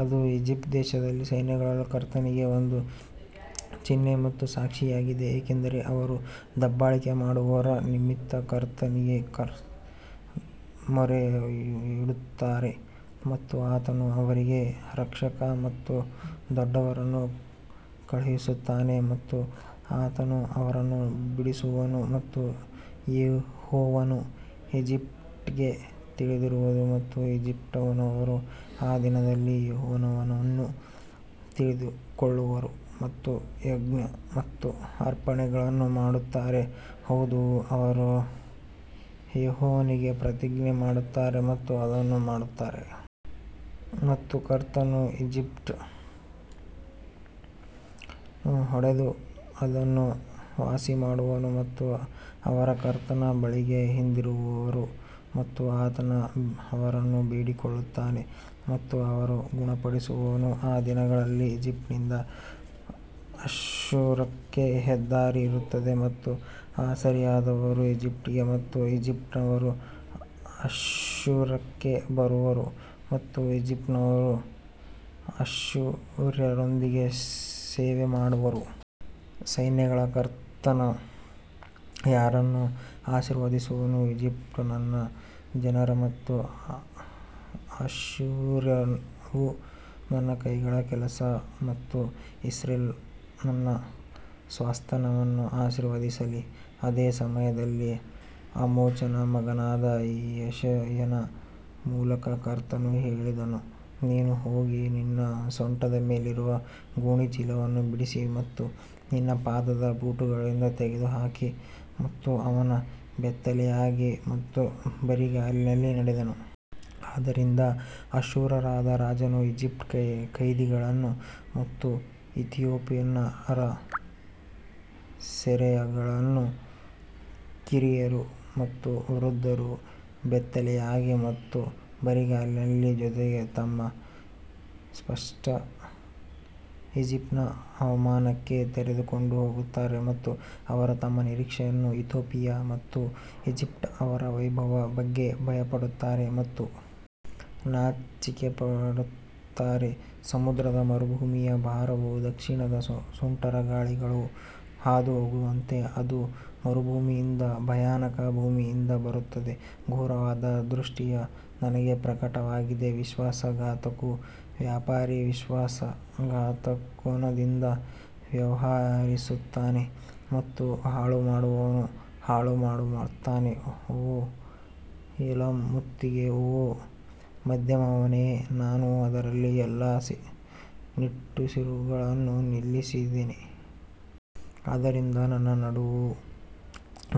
ಅದು ಈಜಿಪ್ಟ್ ದೇಶದಲ್ಲಿ ಸೈನ್ಯಗಳ ಕರ್ತನಿಗೆ ಒಂದು ಚಿಹ್ನೆ ಮತ್ತು ಸಾಕ್ಷಿಯಾಗಿದೆ ಏಕೆಂದರೆ ಅವರು ದಬ್ಬಾಳಿಕೆ ಮಾಡುವವರ ನಿಮಿತ್ತ ಕರ್ತನಿಗೆ ಮೊರೆಯಿಡುತ್ತಾರೆ ಮತ್ತು ಆತನು ಅವರಿಗೆ ರಕ್ಷಕ ಮತ್ತು ದೊಡ್ಡವರನ್ನು ಕಳುಹಿಸುತ್ತಾನೆ ಮತ್ತು ಆತನು ಅವರನ್ನು ಬಿಡಿಸುವನು. ಮತ್ತು ಯೆಹೋವನು ಈಜಿಪ್ಟಿಗೆ ತಿಳಿದಿರುವರು ಮತ್ತು ಈಜಿಪ್ಟಿನವರು ಆ ದಿನದಲ್ಲಿ ಯೆಹೋವನನ್ನು ತಿಳಿದುಕೊಳ್ಳುವರು ಮತ್ತು ಯಜ್ಞ ಮತ್ತು ಅರ್ಪಣೆಗಳನ್ನು ಮಾಡುತ್ತಾರೆ, ಹೌದು ಅವರು ಯೆಹೋವನಿಗೆ ಪ್ರತಿಜ್ಞೆ ಮಾಡುತ್ತಾರೆ ಮತ್ತು ಅದನ್ನು ಮಾಡುತ್ತಾರೆ. ಮತ್ತು ಕರ್ತನು ಈಜಿಪ್ಟನ್ನು ಹೊಡೆದು ಅದನ್ನು ವಾಸಿಮಾಡುವನು ಮತ್ತು ಅವರು ಕರ್ತನ ಬಳಿಗೆ ಹಿಂದಿರುಗುವರು ಮತ್ತು ಆತನು ಅವರನ್ನು ಬೇಡಿಕೊಳ್ಳುತ್ತಾನೆ ಮತ್ತು ಅವರನ್ನು ಗುಣಪಡಿಸುವನು. ಆ ದಿನದಲ್ಲಿ ಈಜಿಪ್ಟ್ನಿಂದ ಅಶ್ಶೂರಕ್ಕೆ ಹೆದ್ದಾರಿ ಇರುತ್ತದೆ ಮತ್ತು ಅಸಿರಿಯಾದವರು ಈಜಿಪ್ಟ್ಗೆ ಮತ್ತು ಈಜಿಪ್ಟಿನವರು ಅಶ್ಶೂರಕ್ಕೆ ಬರುವರು ಮತ್ತು ಈಜಿಪ್ಟಿನವರು ಅಶ್ಶೂರ್ಯರೊಂದಿಗೆ ಸೇವೆ ಮಾಡುವರು. ಸೈನ್ಯಗಳ ಕರ್ತನು ಯಾರನ್ನು ಆಶೀರ್ವದಿಸುವನು, ಈಜಿಪ್ಟ್ ನನ್ನ ಜನರು ಮತ್ತು ಅಶ್ಶೂರವು ನನ್ನ ಕೈಗಳ ಕೆಲಸ ಮತ್ತು ಇಸ್ರೇಲ್ ನನ್ನ ಸ್ವಾಸ್ತ್ಯವನ್ನು ಆಶೀರ್ವದಿಸಲಿ ಅದೇ ಸಮಯದಲ್ಲಿ ಆಮೋಚನ ಮಗನಾದ ಯೆಶಾಯನ ಮೂಲಕ ಕರ್ತನು ಹೇಳಿದನು, ನೀನು ಹೋಗಿ ನಿನ್ನ ಸೊಂಟದ ಮೇಲಿರುವ ಗೋಣಿಚೀಲವನ್ನು ಬಿಡಿಸಿ ಮತ್ತು ನಿನ್ನ ಪಾದದ ಬೂಟುಗಳನ್ನು ತೆಗೆದುಹಾಕಿ ಮತ್ತು ಅವನು ಬೆತ್ತಲೆಯಾಗಿ ಮತ್ತು ಬರಿಗಾಲಿನಲ್ಲಿ ನಡೆದನು. ಆದ್ದರಿಂದ ಅಶ್ಶೂರದ ರಾಜನು ಈಜಿಪ್ಟಿನ ಕೈದಿಗಳನ್ನು ಮತ್ತು ಇಥಿಯೋಪಿಯನ್ನರ ಸೆರೆಯಾಳುಗಳನ್ನು ಕಿರಿಯರು ಮತ್ತು ವೃದ್ಧರು ಬೆತ್ತಲೆಯಾಗಿ ಮತ್ತು ಬರಿಗಾಲಿನ ಜೊತೆಗೆ ತಮ್ಮ ಪೃಷ್ಠವನ್ನು ಈಜಿಪ್ಟಿನ ಅವಮಾನಕ್ಕೆ ತೆರೆದುಕೊಂಡು ಹೋಗುತ್ತಾರೆ. ಮತ್ತು ಅವರು ತಮ್ಮ ನಿರೀಕ್ಷೆಯ ಇಥಿಯೋಪಿಯಾ ಮತ್ತು ಈಜಿಪ್ಟ್ ಅವರ ವೈಭವದ ಬಗ್ಗೆ ಭಯಪಡುತ್ತಾರೆ ಮತ್ತು ನಾಚಿಕೆಪಡುತ್ತಾರೆ ಸಮುದ್ರದ ಮರುಭೂಮಿಯ ಭಾರವು ದಕ್ಷಿಣದಲ್ಲಿ ಸುಂಟರಗಾಳಿಗಳು ಹಾದುಹೋಗುವಂತೆ ಅದು ಮರುಭೂಮಿಯಿಂದ ಭಯಾನಕ ಭೂಮಿಯಿಂದ ಬರುತ್ತದೆ ಘೋರವಾದ ದೃಷ್ಟಿಯು ನನಗೆ ಪ್ರಕಟವಾಗಿದೆ ವಿಶ್ವಾಸಘಾತುಕ ವ್ಯಾಪಾರಿ ವಿಶ್ವಾಸಘಾತುಕತನದಿಂದ ವ್ಯವಹರಿಸುತ್ತಾನೆ ಮತ್ತು ಹಾಳುಮಾಡುವವನು ಹಾಳುಮಾಡುತ್ತಾನೆ ಓ ಏಲಾಮ್ ಮುತ್ತಿಗೆ ಓ ಮಾಧ್ಯಮದವನೇ ನಾನು ಅದರ ಎಲ್ಲಾ ನಿಟ್ಟುಸಿರುಗಳನ್ನು ನಿಲ್ಲಿಸಿದೆ ಆದುದರಿಂದ ನನ್ನ ನಡುವು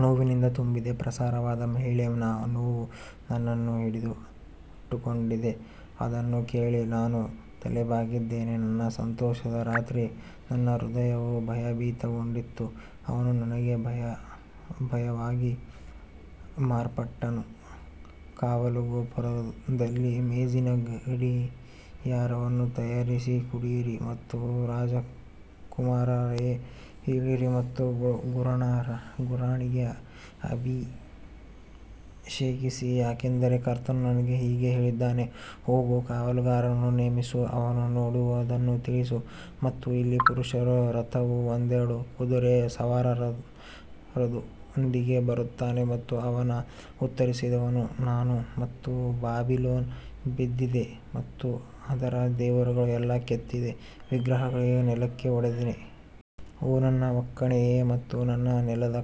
ನೋವಿನಿಂದ ತುಂಬಿದೆ, ಪ್ರಸವವಾದ ಮಹಿಳೆಯ ನೋವು ನನ್ನನ್ನು ಹಿಡಿದಿಟ್ಟುಕೊಂಡಿದೆ, ಅದನ್ನು ಕೇಳಿ ನಾನು ತಲೆಬಾಗಿದ್ದೇನೆ ನನ್ನ ಸಂತೋಷದ ರಾತ್ರಿಯಲ್ಲಿ ನನ್ನ ಹೃದಯವು ಭಯಭೀತಗೊಂಡಿತು, ಅವನು ನನಗೆ ಭಯವಾಗಿ ಮಾರ್ಪಟ್ಟನು ಕಾವಲುಗೋಪುರದಲ್ಲಿ ಮೇಜಿನ ಗಡಿಯಾರವನ್ನು ತಯಾರಿಸಿ ಕುಡಿಯಿರಿ ಮತ್ತು ರಾಜಕುಮಾರರೇ ಏಳಿರಿ ಮತ್ತು ಗುರಾಣಿಗೆ ಅಭಿಷೇಕಿಸಿ ಯಾಕಂದರೆ ಕರ್ತನು ನನಗೆ ಹೀಗೆ ಹೇಳಿದ್ದಾನೆ, ಹೋಗು ಕಾವಲುಗಾರನನ್ನು ನೇಮಿಸು ಅವನು ನೋಡುವದನ್ನು ತಿಳಿಸಲಿ ಮತ್ತು ಇಲ್ಲಿ ಪುರುಷರ ರಥವು ಒಂದೆರಡು ಕುದುರೆ ಸವಾರರೊಂದಿಗೆ ಬರುತ್ತದೆ ಮತ್ತು ಅವನು ಉತ್ತರಿಸಿದನು ಮತ್ತು ಬಾಬಿಲೋನ್ ಬಿದ್ದಿದೆ ಮತ್ತು ಅದರ ದೇವರುಗಳ ಎಲ್ಲಾ ಕೆತ್ತಿದ ವಿಗ್ರಹಗಳನ್ನು ನೆಲಕ್ಕೆ ಒಡೆದನು. ಓ ನನ್ನ ಒಕ್ಕಣೆಯೇ ಮತ್ತು ನನ್ನ ನೆಲದ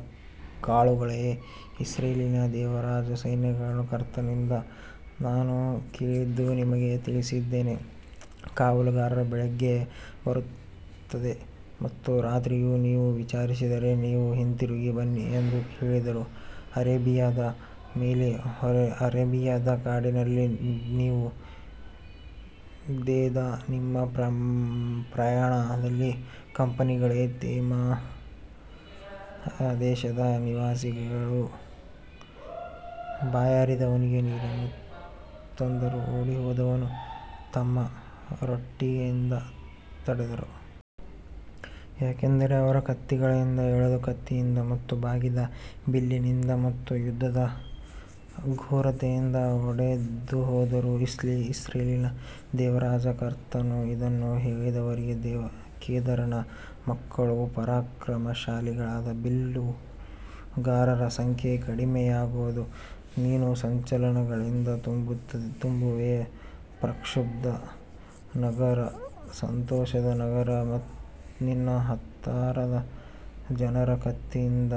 ಕಾಳುಗಳೇ, ಇಸ್ರಾಯೇಲಿನ ದೇವರಾದ ಸೈನ್ಯಗಳ ಕರ್ತನಿಂದ ನಾನು ಕೇಳಿದ್ದನ್ನು ನಿಮಗೆ ತಿಳಿಸಿದ್ದೇನೆ. ಕಾವಲುಗಾರನು ಬೆಳಿಗ್ಗೆ ಬರುತ್ತದೆ ಮತ್ತು ರಾತ್ರಿಯೂ ನೀವು ವಿಚಾರಿಸಿದರೆ ನೀವು ಹಿಂತಿರುಗಿ ಬನ್ನಿ ಎಂದು ಹೇಳಿದರು ಅರೇಬಿಯಾದ ಮೇಲೆ ಹೊರೆ ಅರೇಬಿಯಾದ ಕಾಡಿನಲ್ಲಿ ನೀವು ದೆದಾನಿಮ್ನ ಪ್ರಯಾಣದ ಕಂಪನಿಗಳೇ ತೇಮಾ ದೇಶದ ನಿವಾಸಿಗಳು ಬಾಯಾರಿದವನಿಗೆ ನೀರನ್ನು ತಂದರು, ಓಡಿಹೋದವನನ್ನು ತಮ್ಮ ರೊಟ್ಟಿಯಿಂದ ತಡೆದರು. ಯಾಕಂದರೆ ಅವರು ಕತ್ತಿಗಳಿಂದ ಎಳೆದ ಕತ್ತಿಯಿಂದ ಮತ್ತು ಬಾಗಿದ ಬಿಲ್ಲಿನಿಂದ ಮತ್ತು ಯುದ್ಧದ ಘೋರತೆಯಿಂದ ಓಡಿಹೋದರು. ಇಸ್ರಾಯೇಲಿನ ದೇವರಾದ ಕರ್ತನು ಇದನ್ನು ಹೇಳಿರುವದರಿಂದ ಕೇದಾರನ ಮಕ್ಕಳ ಪರಾಕ್ರಮಶಾಲಿಗಳಾದ ಬಿಲ್ಲುಗಾರರ ಸಂಖ್ಯೆಯು ಕಡಿಮೆಯಾಗುವದು. ನೀನು ಸಂಚಲನಗಳಿಂದ ತುಂಬಿರುವೆ, ಪ್ರಕ್ಷುಬ್ಧ ನಗರ, ಸಂತೋಷದ ನಗರ, ನಿನ್ನ ಹತರಾದ ಜನರು ಕತ್ತಿಯಿಂದ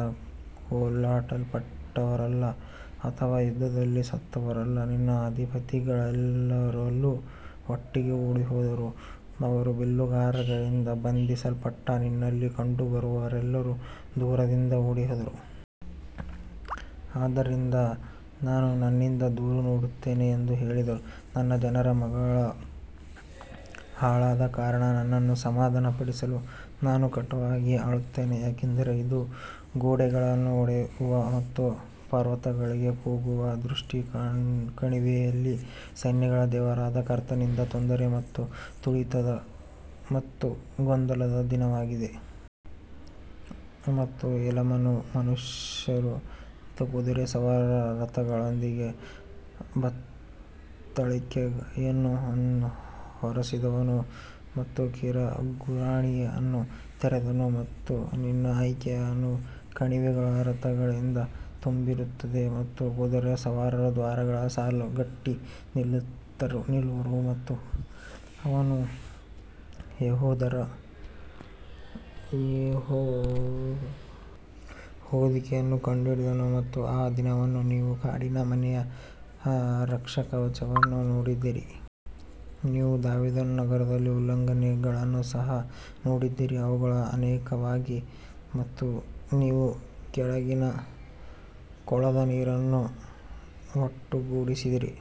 ಕೊಲ್ಲಲ್ಪಟ್ಟವರಲ್ಲ ಅಥವಾ ಯುದ್ಧದಲ್ಲಿ ಸತ್ತವರಲ್ಲ ನಿನ್ನ ಅಧಿಪತಿಗಳೆಲ್ಲರೂ ಒಟ್ಟಿಗೆ ಓಡಿಹೋದರು ಅವರು ಬಿಲ್ಲುಗಾರರಿಂದ ಬಂಧಿಸಲ್ಪಟ್ಟಿದ್ದಾರೆ, ನಿನ್ನಲ್ಲಿ ಕಂಡುಬರುವವರೆಲ್ಲರೂ ದೂರದಿಂದ ಓಡಿಹೋದರು. ಆದುದರಿಂದ ನಾನು ನನ್ನಿಂದ ದೂರ ನೋಡುತ್ತೇನೆ ಎಂದು ಹೇಳಿದರು, ನನ್ನ ಜನರ ಮಗಳು ಹಾಳಾದ ಕಾರಣ ನನ್ನನ್ನು ಸಮಾಧಾನಪಡಿಸಲು ನಾನು ಕಟುವಾಗಿ ಅಳುತ್ತೇನೆ. ಯಾಕಂದರೆ ಇದು ಗೋಡೆಗಳನ್ನು ಒಡೆಯುವ ಮತ್ತು ಪರ್ವತಗಳಿಗೆ ಕೂಗುವ ದೃಷ್ಟಿ ಕಣಿವೆಯಲ್ಲಿ ಸೈನ್ಯಗಳ ದೇವರಾದ ಕರ್ತನಿಂದ ತೊಂದರೆಯ ಮತ್ತು ತುಳಿತದ ಮತ್ತು ಗೊಂದಲದ ದಿನವಾಗಿದೆ. ಮತ್ತು ಏಲಾಮನು ಮನುಷ್ಯರು ಮತ್ತು ಕುದುರೆ ಸವಾರರ ರಥಗಳೊಂದಿಗೆ ಬತ್ತಳಿಕೆಯನ್ನು ಹೊರಿಸಿದನು ಮತ್ತು ಕೀರ್ ಗುರಾಣಿಯನ್ನು ತೆರೆದನು. ಮತ್ತು ನಿನ್ನ ಆಯ್ಕೆಯಾದ ಕಣಿವೆಗಳು ರಥಗಳಿಂದ ತುಂಬಿರುತ್ತವೆ ಮತ್ತು ಕುದುರೆ ಸವಾರರು ದ್ವಾರದಲ್ಲಿ ಸಾಲುಗಟ್ಟಿ ನಿಲ್ಲುವರು. ಮತ್ತು ಅವನು ಯೆಹೂದದ ಹೊದಿಕೆಯನ್ನು ಕಂಡುಹಿಡಿದನು ಮತ್ತು ಆ ದಿನದಲ್ಲಿ ನೀವು ಕಾಡಿನ ಮನೆಯ ರಕ್ಷಾಕವಚವನ್ನು ನೋಡಿದ್ದೀರಿ. ನೀವು ದಾವೀದನ ನಗರದ ಉಲ್ಲಂಘನೆಗಳನ್ನು ಸಹ ನೋಡಿದ್ದೀರಿ, ಅವುಗಳು ಅನೇಕವಾಗಿವೆ ಮತ್ತು ನೀವು ಕೆಳಗಿನ ಕೊಳದ ನೀರನ್ನು ಒಟ್ಟುಗೂಡಿಸಿದ್ದೀರಿ.